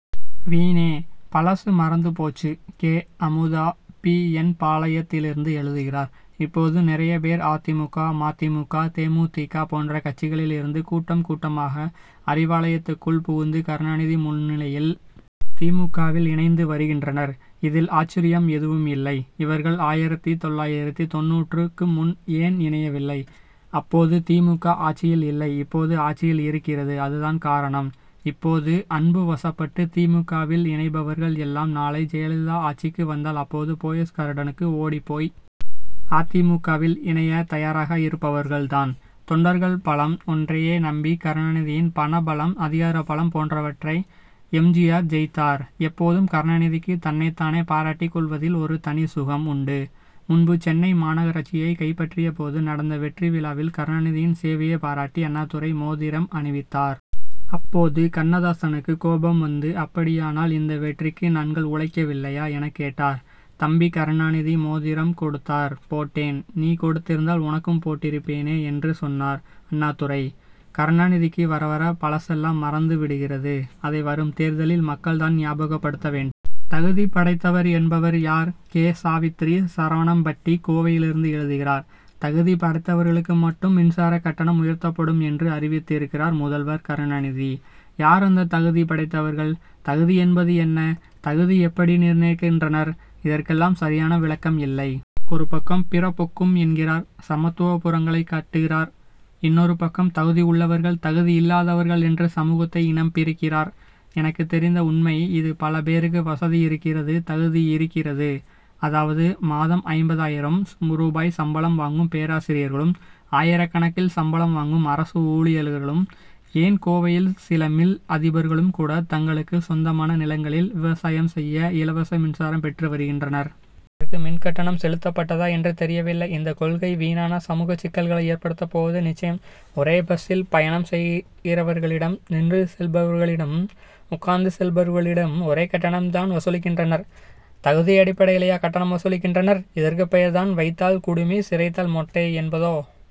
வீணே. பழசு மறந்து போச்சு! கே. அமுதா பி. என். பாளையத்திலிருந்து எழுதுகிறார் இப்போது நிறைய பேர் அ. தி. மு. க. ம. தி. மு. க. தே. மு. தி. க. போன்ற கட்சிகளில் இருந்து கூட்டம் கூட்டமாக அறிவாலயத்துக்குள் புகுந்து கருணாநிதி முன்னிலையில் தி.மு. க.வில் இணைந்து வருகின்றனர் இதில் ஆச்சரியம் எதுவும் இல்லை. இவர்கள் ஆயிரத்தி தொள்ளாயிரத்தி தொண்ணூற்றாறு-க்கு முன் ஏன் இணையவில்லை? அப்போது தி. மு. க. ஆட்சியில் இல்லை இப்போது ஆட்சியில் இருக்கிறதுஅதுதான் காரணம். இப்போது அன்பு வசப்பட்டு தி. மு. க.வில் இணைபவர்கள் எல்லாம் நாளை ஜெயலலிதா ஆட்சிக்கு வந்தால் அப் போது போயஸ் கார்டனுக்கு ஓடிப்போய் அ. தி. மு. க.வில் இணைய தயாராக இருப்பவர்கள் தான். தொண்டர்கள் பலம் ஒன்றையே நம்பி கருணாநிதியின் பண பலம் அதிகார பலம் போன்றவற்றை எம். ஜி. ஆர். ஜெயித்தார். எப்போதும் கருணாநிதிக்கு தன்னைத் தானே பாராட்டிக் கொள்வதில் ஒரு தனி சுகம் உண்டு. முன்பு சென்னை மாநகராட்சியை கைப்பற்றியபோது நடந்த வெற்றி விழாவில் கருணாநிதியின் சேவையை பாராட்டி அண்ணாதுரை மோதிரம் அணிவித்தார். அப்போது கண்ணதாசனுக்கு கோபம் வந்து அப்படியானால் இந்த வெற்றிக்கு நாங்கள் உழைக்கவில்லையா? எனக் கேட்டார். தம்பி கருணாநிதி மோதிரம் கொடுத்தார் போட்டேன். நீ கொடுத்திருந்தால் உனக்கும் போட்டிருப்பேனே என்று சொன்னார் அண்ணாதுரை. கருணாநிதிக்கு வரவர பழசெல்லாம் மறந்து விடுகிறது. அதை வரும் தேர்தலில் மக்கள் தான் ஞாபகப்படுத்த வேண். தகுதி படைத்தவர் என்பவர் யார்? கே. சாவித்திரி சரவணம்பட்டி கோவையிலிருந்து எழுதுகிறார் தகுதி படைத்தவர்களுக்கு மட்டும் மின்சாரக் கட்டணம் உயர்த் தப்படும் என்று அறிவித்திருக்கிறார் முதல்வர் கருணாநிதி. யார் அந்த தகுதி படைத்தவர்கள்? தகுதி என்பது என்ன தகுதியை எப்படி நிர்ணயிக்கின்றனர்? இதற் கெல்லாம் சரியான விளக்கம் இல்லை. ஒருபக்கம் பிறப்பொக்கும் என்கிறார் சமத்துவப் புரங்களைக் கட்டுகிறார். இன்னொரு பக்கம் தகுதி உள்ளவர்கள் தகுதி இல்லாதவர்கள் என்று சமூகத்தை இனம் பிரிக்கிறார். எனக்குத் தெரிந்த உண்மை இது பல பேருக்கு வசதி இருக்கிறது தகுதி இருக்கிறது. அதாவது மாதம் ஐம்பதாயிரம் ரூபாய் சம்பளம் வாங்கும் பேராசிரியர்களும் ஆயிரக்கணக்கில் சம்பளம் வாங்கும் அரசு ஊழியர்களும் ஏன் கோவையில் சில மில் அதிபர்களும் கூட தங் களுக்கு சொந்தமான நிலங்களில் விவசாயம் செய்ய இலவச மின்சாரம் பெற்று வருகின்றனர். மின்கட்டணம் செலுத்தப் பட்டதா என்று தெரியவில்லை. இந்த கொள்கை வீணான சமூகச் சிக்கல் களை ஏற்படுத்தப் போவது நிச்சயம். ஒரே பஸ்சில் பயணம் செய்கிறவர்களிடம் நின்று செல்பவர்களிடமும் உட்கார்ந்து செல்பவர்களிடமும் ஒரே கட்டணம் தான் வசூலிக்கின்றனர். தகுதி அடிப்படையிலா கட்டணம் வசூலிக்கின்றனர்? இதற்குப் பெயர் தான் வைத்தால் குடுமி சிரைத் தால் மொட்டை என்பதோ?